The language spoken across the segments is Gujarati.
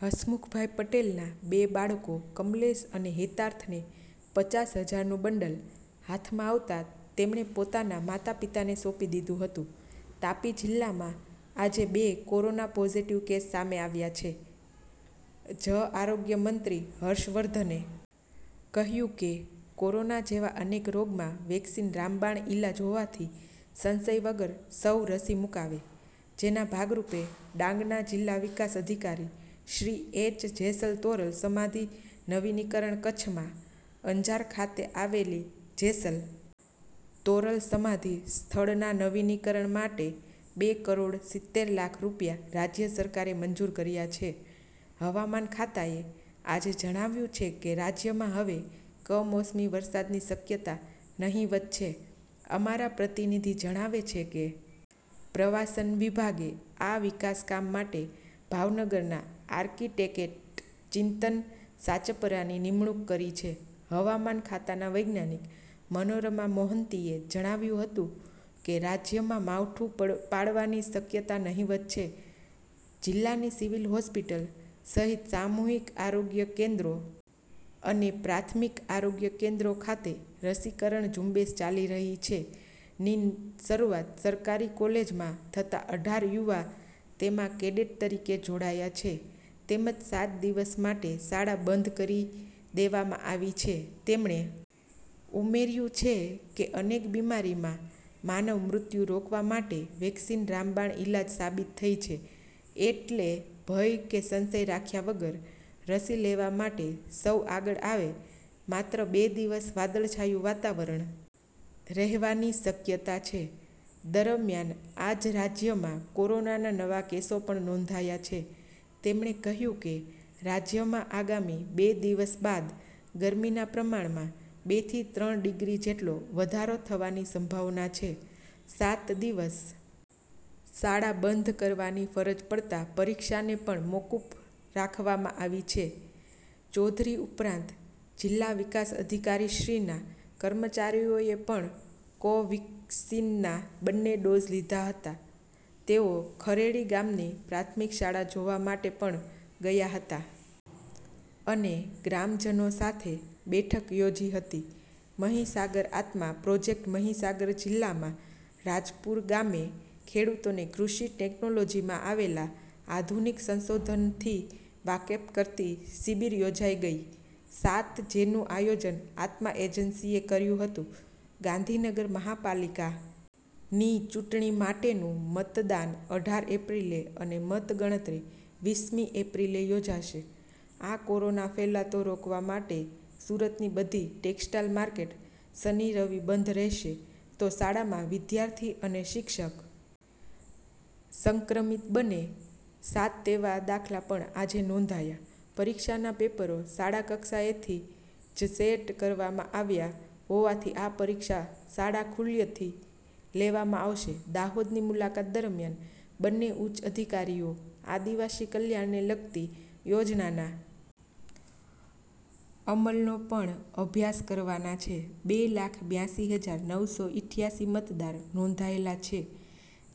હસમુખભાઇ પટેલના બે બાળકો કમલેશ અને હેતાર્થને પચાસ હજારનું બંડલ હાથમાં આવતા તેમણે પોતાના માતપિતાને સોંપી દીધું હતું તાપી જિલ્લામાં આજે બે કોરોના પોઝિટિવ કેસ સામે આવ્યા છે જ આરોગ્ય મંત્રી હર્ષ વર્ધને કહ્યું કે કોરોના જેવા અનેક રોગ માં વેક્સિન રામબાણ ઈલાજ હોવાથી સંશય વગર સૌ રસી મુકાવે જેના ભાગરૂપે ડાંગના જિલ્લા વિકાસ અધિકારી શ્રી એચ જેસલ તોરલ સમાધિ નવીનીકરણ કચ્છમાં અંજાર ખાતે આવેલી જેસલ તોરલ સમાધિ સ્થળના નવીનીકરણ માટે બે કરોડ સિત્તેર લાખ રૂપિયા રાજ્ય સરકારે મંજૂર કર્યા છે હવામાન ખાતાએ આજે જણાવ્યું છે કે રાજ્યમાં હવે કમોસમી વરસાદની શકયતા નહિવત છે અમારા પ્રતિનિધિ જણાવે છે કે પ્રવાસન વિભાગે આ વિકાસકામ માટે ભાવનગરના આર્કિટેકેટ ચિંતન સાચપરાની નિમણૂક કરી છે હવામાન ખાતાના વૈજ્ઞાનિક મનોરમા મોહંતીએ જણાવ્યું હતું કે રાજયમાં માવઠું પાડવાની શક્યતા નહિવત છે જિલ્લાની સિવિલ હોસ્પિટલ સહિત સામુહિક આરોગ્ય કેન્દ્રો અને પ્રાથમિક આરોગ્ય કેન્દ્રો ખાતે રસીકરણ ઝુંબેશ ચાલી રહી છે ની શરૂઆત સરકારી કોલેજમાં થતાં અઢાર યુવા તેમાં કેડેટ તરીકે જોડાયા છે તેમજ સાત દિવસ માટે શાળા બંધ કરી દેવામાં આવી છે તેમણે ઉમેર્યું છે કે અનેક બિમારીમાં માનવ મૃત્યુ રોકવા માટે વેક્સિન રામબાણ ઈલાજ સાબિત થઈ છે એ ટલે ભય કે સંશય રાખ્યા વગર રસી લેવા માટે સૌ આગળ આવે માત્ર બે દિવસ વાદળછાયું વાતાવરણ રહેવાની શક્યતા છે દરમ્યાન આજ રાજયમાં કોરોનાના નવા કેસો પણ નોધાયાં છે તેમણે કહ્યું કે રાજયમાં આગામી બે દિવસ બાદ ગરમીના પ્રમાણમાં બે થી ત્રણ ડિગ્રી જેટલો વધારો થવાની સંભાવના છે સાત દિવસ શાળા બંધ કરવાની ફરજ પડતાં પરીક્ષાને પણ મોકૂફ રાખવામાં આવી છે ચૌધરી ઉપરાંત જિલ્લા વિકાસ અધિકારીશ્રીના કર્મચારીઓએ પણ કોવીક્સીનના બંને ડોઝ લીધા હતા તેઓ ખરેડી ગામની પ્રાથમિક શાળા જોવા માટે પણ ગયા હતા અને ગ્રામજનો સાથે બેઠક યોજી હતી મહીસાગર આત્મા પ્રોજેકટ મહિસાગર જિલ્લામાં રાજપુર ગામે ખેડૂતોને કૃષિ ટેકનૉલોજિમાં આવેલા આધુનિક સંશોધનથી વાકેફ કરતી શિબિર યોજાઈ ગઈ સાત જેનું આયોજન આત્મા એજન્સીએ કર્યું હતું ગાંધીનગર મહાનગરપાલિકા ની ચૂંટણી માટે નું મતદાન અઢાર એપ્રિલે અને મત ગણતરી વીસ મી એપ્રિલે યોજાશે આ કોરોના ફેલાતો રોકવા માટે સુરતની બધી ટેક્સ્ટાઈલ માર્કેટ શનિ રવિ બંધ રહેશે તો શાળા માં વિદ્યાર્થી અને શિક્ષક સંક્રમિત બને સાત તેવા દાખલા પણ આજે નોંધાયા પરીક્ષાના પેપરો શાળા કક્ષાએથી જ સેટ કરવામાં આવ્યા હોવાથી આ પરીક્ષા શાળા ખુલ્યથી લેવામાં આવશે દાહોદની મુલાકાત દરમ્યાન બંને ઉચ્ચ અધિકારીઓ આદિવાસી કલ્યાણને લગતી યોજનાના અમલનો પણ અભ્યાસ કરવાના છે બે લાખ બ્યાસી હજાર નવ સો ઈઠ્યાસી મતદાર નોંધાયેલા છે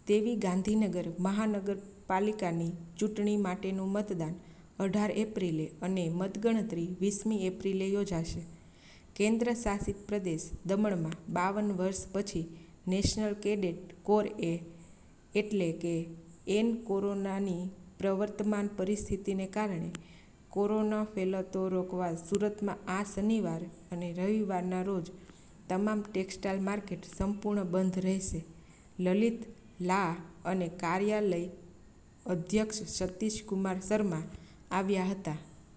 તેવી ગાંધીનગર મહાનગરપાલિકાની ચૂંટણી માટેનું મતદાન અઢાર એપ્રિલે અને મતગણતરી વીસ મી એપ્રિલે યોજાશે કેન્દ્ર શાસિત પ્રદેશ દમણમાં બાવન વર્ષ પછી નેશનલ કેડેટ કોર એ ટલે કે એન કોરોનાની પ્રવર્તમાન પરિસ્થિતિને કારણે કોરોના ફેલાતો રોકવા સુરતમાં આ શનિવાર અને રવિવારના રોજ તમામ ટેક્સટાઇલ માર્કેટ સંપૂર્ણ બંધ રહેશે લલિત લા અને કાર્યાલય અધ્યક્ષ સતીષકુમાર શર્મા આવ્યા હતા।